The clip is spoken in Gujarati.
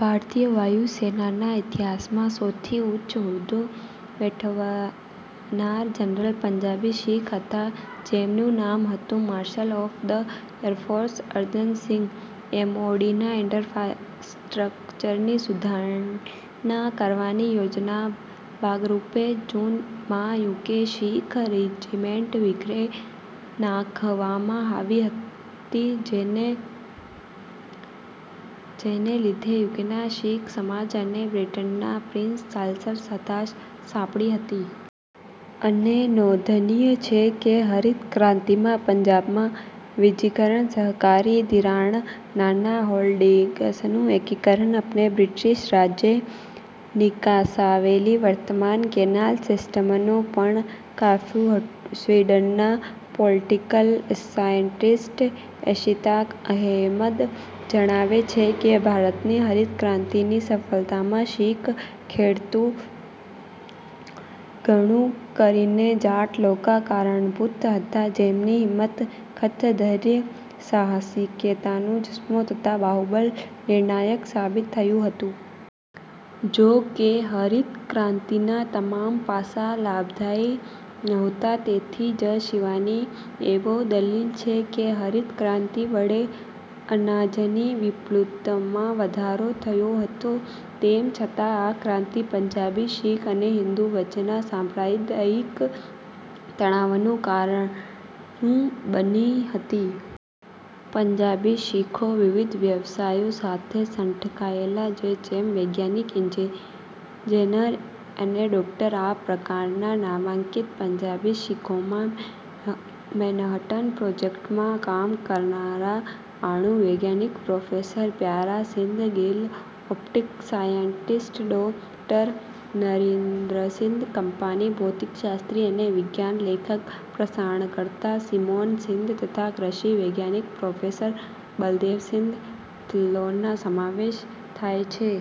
ભારતીય વાયુ સેનાના ઇતિહાસમાં સૌથી ઉચ્ચ હોદ્દો મેળવનાર જનરલ પંજાબી શીખ હતા, જેમનું નામ હતું marshal of the air force Arjan Singh. એમઓડીના ઈનફન્ટ્રીની સુધારણા કરવાની યોજનાના ભાગરૂપે જૂન માં યુકે શીખ રેજિમેન્ટ વિખેરી નાખવામાં આવી હતી, જેને લીધે યુકેના શીખ સમાજ અને બ્રિટનના પ્રિન્સ ચાર્લ્સને હતાશા સાંપડી હતી. અત્રે નોંધનીય છે કે હરિત ક્રાંતિમાં પંજાબમાં વીજકરણ, સહકારી ધિરાણ, નાનાં હોલ્ડિંગ્સનું એકીકરણ અને બ્રિટીશ રાજે વિકસાવેલી વર્તમાન કેનાલ સિસ્ટમનો પણ ફાળો હતો. સ્વીડનનાં પોલિટિકલ સાયન્ટિસ્ટ, ઈશ્તિઆક અહેમદ જણાવે છે કે, ભારતની હરિત ક્રાંતિની સફળતામાં 'શીખ ખેડૂત, ઘણું કરીને જાટ લોકો કારણભૂત હતા જેમની હિંમત, ખંત-ધૈર્ય, સાહસિકતાનો જુસ્સો તથા બાહુબળ નિર્ણાયક સાબિત થયું હતું. ' જો કે, હરિત ક્રાતિના તમામ પાસા લાભદાયી નહોતા. તેથી જ શિવાની એવી દલીલ છે કે હરિત ક્રાંતિ વડે અનાજની વિપુલતામાં વધારો થયો હતો, તેમ છતાં આ ક્રાંતિ પંજાબી શીખ અને હિંદુ વચ્ચેના સાંપ્રદાયિક તણાવનું કારણ બની હતી. પંજાબી શીખો વિવિધ વ્યવસાયો સાથે સંકળાયેલા છે જેમ કે વૈજ્ઞાનિક, ઈજનેર અને ડોક્ટર; આ પ્રકારના નામાંકિત પંજાબી શીખોમાં મેનહટન પ્રોજેક્ટમાં કામ કરનારા અણુ વૈજ્ઞાનિક professor Pyara Singh Gill, optic scientist ડો. નરિન્દરસિંઘ કપાની, ભૌતિકશાસ્ત્રી અને વિજ્ઞાન લેખક/ પ્રસારણકર્તા સિમોન સિંઘ તથા કૃષિ વૈજ્ઞાનિક પ્રોફેસર બલદેવસિંઘ ધિલ્લોનનો સમાવેશ થાય છે.